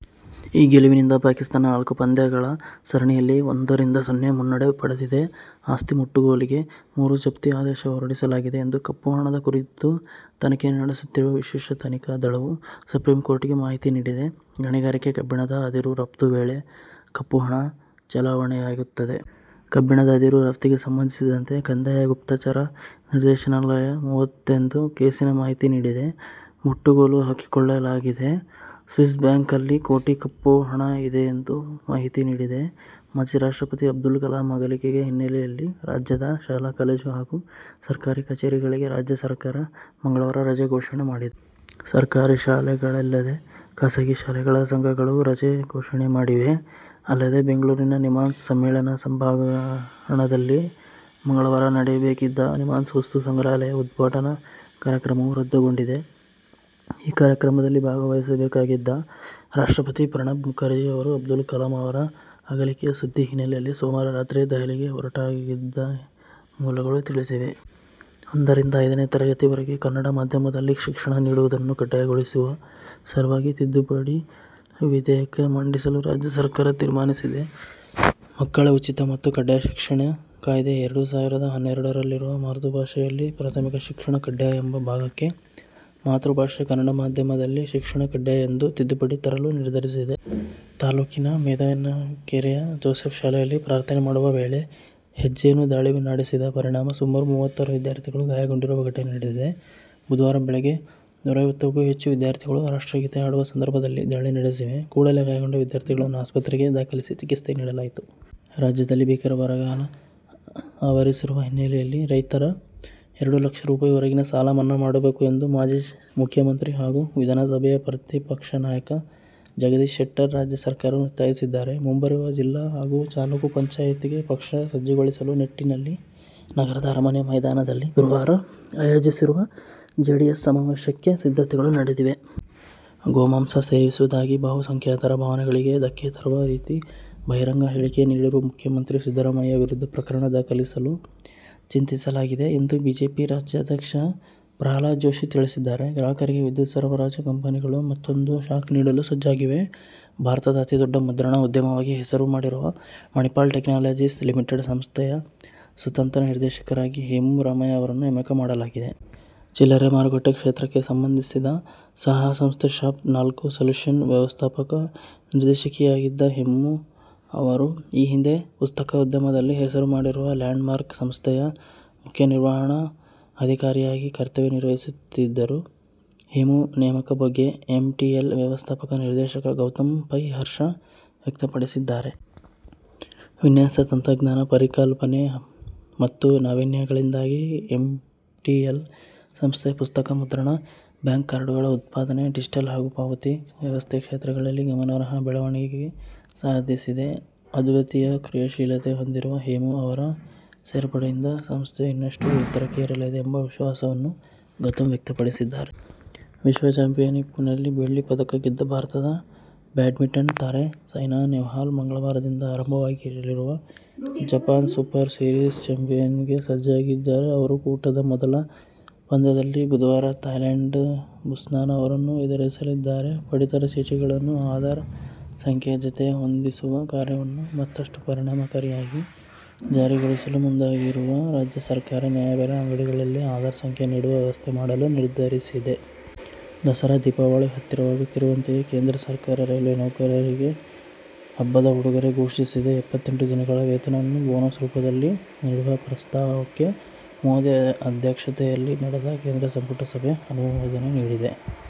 ಈ ಗೆಲುವಿನಿಂದ ಪಾಕಿಸ್ಥಾನ ನಾಲ್ಕು ಪಂದ್ಯಗಳ ಸರಣಿಯಲ್ಲಿ ಒಂದ ರಿಂದ ಸೊನ್ನೆ ಮುನ್ನಡೆ ಪಡೆದಿದೆ. ಆಸ್ತಿ ಮುಟ್ಟುಗೋಲಿಗೆ ಮೂರು ಜಪ್ತಿ ಆದೇಶ ಹೊರಡಿಸಲಾಗಿದೆ ಎಂದು ಕಪ್ಪುಹಣದ ಕುರಿತು ತನಿಖೆ ನಡೆಸುತ್ತಿರುವ ವಿಶೇಷ ತನಿಖಾ ದಳವು, ಸುಪ್ರೀಂಕೋರ್ಟ್ಗೆ ಮಾಹಿತಿ ನೀಡಿದೆ. ಗಣಿಗಾರಿಕೆ, ಕಬ್ಬಿಣದ ಅದಿರು ರಫ್ತು ವೇಳೆ ಕಪ್ಪುಹಣ ಚಲಾವಣೆಯಾಗುತ್ತದೆ. ಕಬ್ಬಿಣದ ಅದಿರು ರಫ್ತಿಗೆ ಸಂಬಂಧಿಸಿದಂತೆ ಕಂದಾಯ ಗುಪ್ತಚರ ನಿರ್ದೇಶನಾಲಯ ಮೂವತ್ತೊಂದು ಕೇಸಿನ ಮಾಹಿತಿ ನೀಡಿದೆ. ಮುಟ್ಟುಗೋಲು ಹಾಕಿಕೊಳ್ಳಲಾಗಿದೆ. ಸ್ವಿಸ್ ಬ್ಯಾಂಕಲ್ಲಿ ಕೋಟಿ ಕಪ್ಪು ಹಣ ಇದೆ ಎಂದು ಎಂದು ಮಾಹಿತಿ ನೀಡಿದೆ. ಮಾಜಿ ರಾಷ್ಟ್ರಪತಿ ಅಬ್ದುಲ್ ಕಲಾಂ ಅಗಲಿಕೆ ಹಿನ್ನೆಲೆಯಲ್ಲಿ ರಾಜ್ಯದ ಶಾಲಾ-ಕಾಲೇಜು ಹಾಗೂ ಸರ್ಕಾರಿ ಕಚೇರಿಗಳಿಗೆ ರಾಜ್ಯ ಸರ್ಕಾರ ಮಂಗಳವಾರ ರಜೆ ಘೋಷಣೆ ಮಾಡಿದೆ. ಸರ್ಕಾರಿ ಶಾಲೆಗಳಲ್ಲದೇ ಖಾಸಗಿ ಶಾಲೆಗಳ ಸಂಘಗಳೂ ರಜೆ ಘೋಷಣೆ ಮಾಡಿವೆ. ಅಲ್ಲದೇ ಬೆಂಗಳೂರಿನ ನಿಮ್ಹಾನ್ಸ್ ಸಮ್ಮೇಳನ ಸಭಾಂಗಣದಲ್ಲಿ ಮಂಗಳವಾರ ನಡೆಯಬೇಕಿದ್ದ ನಿಮ್ಹಾನ್ಸ್ ವಸ್ತು ಸಂಗ್ರಹಾಲಯ ಉದ್ಘಾಟನಾ ಕಾರ್ಯಕ್ರಮವು ರದ್ದುಗೊಂಡಿದೆ. ಈ ಕಾರ್ಯಕ್ರಮದಲ್ಲಿ ಭಾಗವಹಿಸಬೇಕಾಗಿದ್ದ ರಾಷ್ಟ್ರಪತಿ ಪ್ರಣಬ್ ಮುಖರ್ಜಿ ಅವರು ಅಬ್ದುಲ್ ಕಲಾಂ ಅವರ ಅಗಲಿಕೆ ಸುದ್ದಿ ಹಿನ್ನೆಲೆಯಲ್ಲಿ ಸೋಮವಾರ ರಾತ್ರಿಯೇ ದೆಹಲಿಗೆ ಹೊರಟಿದ್ದಾ ಮೂಲಗಳು ತಿಳಿಸಿವೆ. ಒಂದ ರಿಂದ ಐದನೇ ತರಗತಿವರೆಗೆ ಕನ್ನಡ ಮಾಧ್ಯಮದಲ್ಲಿ ಶಿಕ್ಷಣ ನೀಡುವುದನ್ನು ಕಡ್ಡಾಯಗೊಳಿಸುವ ಸಲುವಾಗಿ ತಿದ್ದುಪಡಿ ವಿಧೇಯಕ ಮಂಡಿಸಲು ರಾಜ್ಯ ಸರ್ಕಾರ ತೀರ್ಮಾನಿಸಿದೆ. ಮಕ್ಕಳ ಉಚಿತ ಮತ್ತು ಕಡ್ಡಾಯ ಶಿಕ್ಷಣ ಕಾಯ್ದೆ- ಎರಡು ಸಾವಿರದ ಹನ್ನೆರಡರಲ್ಲಿರುವ ಮಾತೃಭಾಷೆಯಲ್ಲಿ ಪ್ರಾಥಮಿಕ ಶಿಕ್ಷಣ ಕಡ್ಡಾಯ ಎಂಬ ಭಾಗಕ್ಕೆ ಮಾತೃಭಾಷೆ ಕನ್ನಡ ಮಾಧ್ಯಮದಲ್ಲಿ ಶಿಕ್ಷಣ ಕಡ್ಡಾಯ ಎಂದು ತಿದ್ದುಪಡಿ ತರಲು ನಿರ್ಧರಿಸಿದೆ. ತಾಲೂಕಿನ ಮೆದಗಿನಕೆರೆಯ ಜೋಸೆಫ್ ಶಾಲೆಯಲ್ಲಿ ಪ್ರಾರ್ಥನೆ ಮಾಡುವ ವೇಳೆ ಹೆಜ್ಜೆನು ದಾಳಿ ನಡೆಸಿದ ಪರಿಣಾಮ ಸುಮಾರು ಮೂವತ್ತಾರು ವಿದ್ಯಾರ್ಥಿಗಳು ಗಾಯಗೊಂಡಿರುವ ಘಟನೆ ನಡೆದಿದೆ. ಬುಧವಾರ ಬೆಳಗ್ಗೆ ನೂರೈವತ್ತುಕ್ಕೂ ಹೆಚ್ಚು ವಿದ್ಯಾರ್ಥಿಗಳು ರಾಷ್ಟ್ರಗೀತೆ ಹಾಡುವ ಸಂದರ್ಭದಲ್ಲಿ ದಾಳಿ ನಡೆಸಿವೆ. ಕೂಡಲೇ ಗಾಯಗೊಂಡ ವಿದ್ಯಾರ್ಥಿಗಳನ್ನು ಆಸ್ಪತ್ರೆಗೆ ದಾಖಲಿಸಿ ಚಿಕಿತ್ಸೆ ನೀಡಲಾಯಿತು. ರಾಜ್ಯದಲ್ಲಿ ಭೀಕರ ಬರಗಾಲ ಆವರಿಸಿರುವ ಹಿನ್ನೆಲೆಯಲ್ಲಿ ರೈತರ ಎರಡು ಲಕ್ಷ ರೂ. ವರೆಗಿನ ಸಾಲ ಮನ್ನಾ ಮಾಡಬೇಕು ಎಂದು ಮಾಜಿ ಮುಖ್ಯಮಂತ್ರಿ ಹಾಗೂ ವಿಧಾನಸಭೆಯ ಪ್ರತಿಪಕ್ಷ ನಾಯಕ ಜಗದೀಶ್ ಶೆಟ್ಟರ್ ರಾಜ್ಯ ಸರ್ಕಾರವನ್ನು ಒತ್ತಾಯಿಸಿದ್ದಾರೆ. ಮುಂಬರುವ ಜಿಲ್ಲಾ ಹಾಗೂ ತಾಲೂಕು ಪಂಚಾಯತ್ಗೆ ಪಕ್ಷ ಸಜ್ಜುಗೊಳಿಸುವ ನಿಟ್ಟಿನಲ್ಲಿ ನಗರದ ಅರಮನೆ ಮೈದಾನದಲ್ಲಿ ಗುರುವಾರ ಆಯೋಜಿಸಿರುವ ಜೆಡಿಎಸ್ ಸಮಾವೇಶಕ್ಕೆ ಸಿದ್ಧತೆಗಳು ನಡೆದಿವೆ. ಗೋಮಾಂಸ ಸೇವಿಸುವುದಾಗಿ ಬಹುಸಂಖ್ಯಾತರ ಭಾವನೆಗಳಿಗೆ ಧಕ್ಕೆ ತರುವ ರೀತಿ ಬಹಿರಂಗ ಹೇಳಿಕೆ ನೀಡಿರುವ ಮುಖ್ಯಮಂತ್ರಿ ಸಿದ್ಧರಾಮಯ್ಯ ವಿರುದ್ಧ ಪ್ರಕರಣ ದಾಖಲಿಸಲು ಚಿಂತಿಸಲಾಗಿದೆ ಎಂದು ಬಿಜೆಪಿ ರಾಜ್ಯಾಧ್ಯಕ್ಷ ಪ್ರಹ್ಲಾದ ಜೋಶಿ ತಿಳಿಸಿದ್ದಾರೆ. ಗ್ರಾಹಕರಿಗೆ ವಿದ್ಯುತ್ ಸರಬರಾಜು ಕಂಪನಿ ಗಳು ಮತ್ತೊಂದು ಶಾಕ್ ನೀಡಲು ಸಜ್ಜಾಗಿವೆ. ಭಾರತದ ಅತಿ ದೊಡ್ಡ ಮುದ್ರಣ ಉದ್ಯಮವಾಗಿ ಹೆಸರು ಮಾಡಿರುವ ಮಣಿಪಾಲ ಟೆಕ್ನಾಲಜೀಸ್ ಲಿಮಿಟೆಡ್ ಸಂಸ್ಥೆಯ ಸ್ವತಂತ್ರ ನಿರ್ದೇಶಕರಾಗಿ ಹೇಮು ರಾಮಯ್ಯ ಅವರನ್ನು ನೇಮಕ ಮಾಡಲಾಗಿದೆ. ಚಿಲ್ಲರೆ ಮಾರುಕಟ್ಟೆ ಕ್ಷೇತ್ರಕ್ಕೆ ಸಂಬಂಧಿಸಿದ ಸಲಹಾ ಸಂಸ್ಥೆ ಶಾಪ್ ನಾಲ್ಕು ಸೆಲ್ಯೂಷನ್ ವ್ಯವಸ್ಥಾಪಕ ನಿರ್ದೇಶಕಿಯಾಗಿದ್ದ ಹೇಮು ಅವರು, ಈ ಹಿಂದೆ ಪುಸ್ತಕೋದ್ಯಮದಲ್ಲಿ ಹೆಸರು ಮಾಡಿರುವ ಲ್ಯಾಂಡ್ ಮಾರ್ಕ್ ಸಂಸ್ಥೆಯ ಮುಖ್ಯ ಕಾರ್ಯನಿರ್ವಹಣಾ ಅಧಿಕಾರಿಯಾಗಿ ಕರ್ತವ್ಯ ನಿರ್ವಹಿಸಿದ್ದರು. ಹೇಮು ನೇಮಕ ಬಗ್ಗೆ ಎಂಟಿಎಲ್ ವ್ಯವಸ್ಥಾಪಕ ನಿರ್ದೇಶಕ ಗೌತಮ್ ಪೈ ಹರ್ಷ ವ್ಯಕ್ತಪಡಿಸಿದ್ದಾರೆ. ವಿನ್ಯಾಸ, ತಂತ್ರಜ್ಞಾನ, ಪರಿಕಲ್ಪನೆ ಮತ್ತು ನಾವೀನ್ಯಗಳಿಂದಾಗಿ ಎಂಟಿಎಲ್ ಸಂಸ್ಥೆ ಪುಸ್ತಕ ಮುದ್ರಣ, ಬ್ಯಾಂಕ್ ಕಾರ್ಡುಗಳ ಉತ್ಪಾದನೆ, ಡಿಜಿಟಲ್ ಹಾಗೂ ಪಾವತಿ ವ್ಯವಸ್ಥೆ ಕ್ಷೇತ್ರಗಳಲ್ಲಿ ಗಮನಾರ್ಹ ಬೆಳವಣಿಗೆ ಸಾಧಿಸಿದೆ. ಅದ್ವಿತೀಯ ಕ್ರಿಯಾಶೀಲತೆ ಹೊಂದಿರುವ ಹೇಮು ಅವರ ಸೇರ್ಪಡೆಯಿಂದ ಸಂಸ್ಥೆ ಇನ್ನಷ್ಟು ಎತ್ತರಕ್ಕೆ ಏರಲಿದೆ' ಎಂಬ ವಿಶ್ವಾಸವನ್ನು ಗೌತಮ್ ವ್ಯಕ್ತಪಡಿಸಿದ್ದಾರೆ. ವಿಶ್ವ ಚಾಂಪಿಯನ್ಶಿಪ್ನಲ್ಲಿ ಬೆಳ್ಳಿ ಪದಕ ಗೆದ್ದ ಭಾರತದ ಬ್ಯಾಡ್ಮಿಂಟನ್ ತಾರೆ ಸೈನಾ ನೆಹ್ವಾಲ್ ಮಂಗಳವಾರದಿಂದ ಆರಂಭವಾಗಲಿರುವ ಜಪಾನ್ ಸೂಪರ್ ಸೀರೀಸ್ ಚಾಂಪಿಯನ್ಶಿಪ್ಗೆ ಸಜ್ಜಾಗಿದ್ದಾರೆ. ಅವರು ಕೂಟದ ಮೊದಲ ಪಂದ್ಯದಲ್ಲಿ ಬುಧವಾರ ಥಾಯ್ಲೆಂಡ್ನ ಬುಸ್ನಾನ್ ಅವರನ್ನು ಎದುರಿಸಲಿದ್ದಾರೆ. ಪಡಿತರ ಚೀಟಿಗಳನ್ನು ಆಧಾರ್ ಸಂಖ್ಯೆ ಜತೆ ಹೊಂದಿಸುವ ಕಾರ್ಯವನ್ನು ಮತ್ತಷ್ಟು ಪರಿಣಾಮಕಾರಿಯಾಗಿ ಜಾರಿಗೊಳಿಸಲು ಮುಂದಾಗಿರುವ ರಾಜ್ಯ ಸರಕಾರ, ನ್ಯಾಯಬೆಲೆ ಅಂಗಡಿಗಳಲ್ಲೇ ಆಧಾರ್ ಸಂಖ್ಯೆ ನೀಡುವ ವ್ಯವಸ್ಥೆ ಮಾಡಲು ನಿರ್ಧರಿಸಿದೆ. ದಸರಾ, ದೀಪಾವಳಿ ಹತ್ತಿರವಾಗುತ್ತಿರುವಂತೆಯೇ ಕೇಂದ್ರ ಸರಕಾರ ರೈಲ್ವೇ ನೌಕರರಿಗೆ ಹಬ್ಬದ ಉಡುಗೊರೆ ಘೋಷಿಸಿದೆ. ಎಪ್ಪತೆಂಟು ದಿನಗಳ ವೇತನವನ್ನು ಬೋನಸ್ ರೂಪದಲ್ಲಿ ನೀಡುವ ಪ್ರಸ್ತಾವಕ್ಕೆ ಮೋದಿ ಅಧ್ಯಕ್ಷತೆಯಲ್ಲಿ ನಡೆದ ಕೇಂದ್ರ ಸಂಪುಟ ಸಭೆ ಅನುಮೋದನೆ ನೀಡಿದೆ.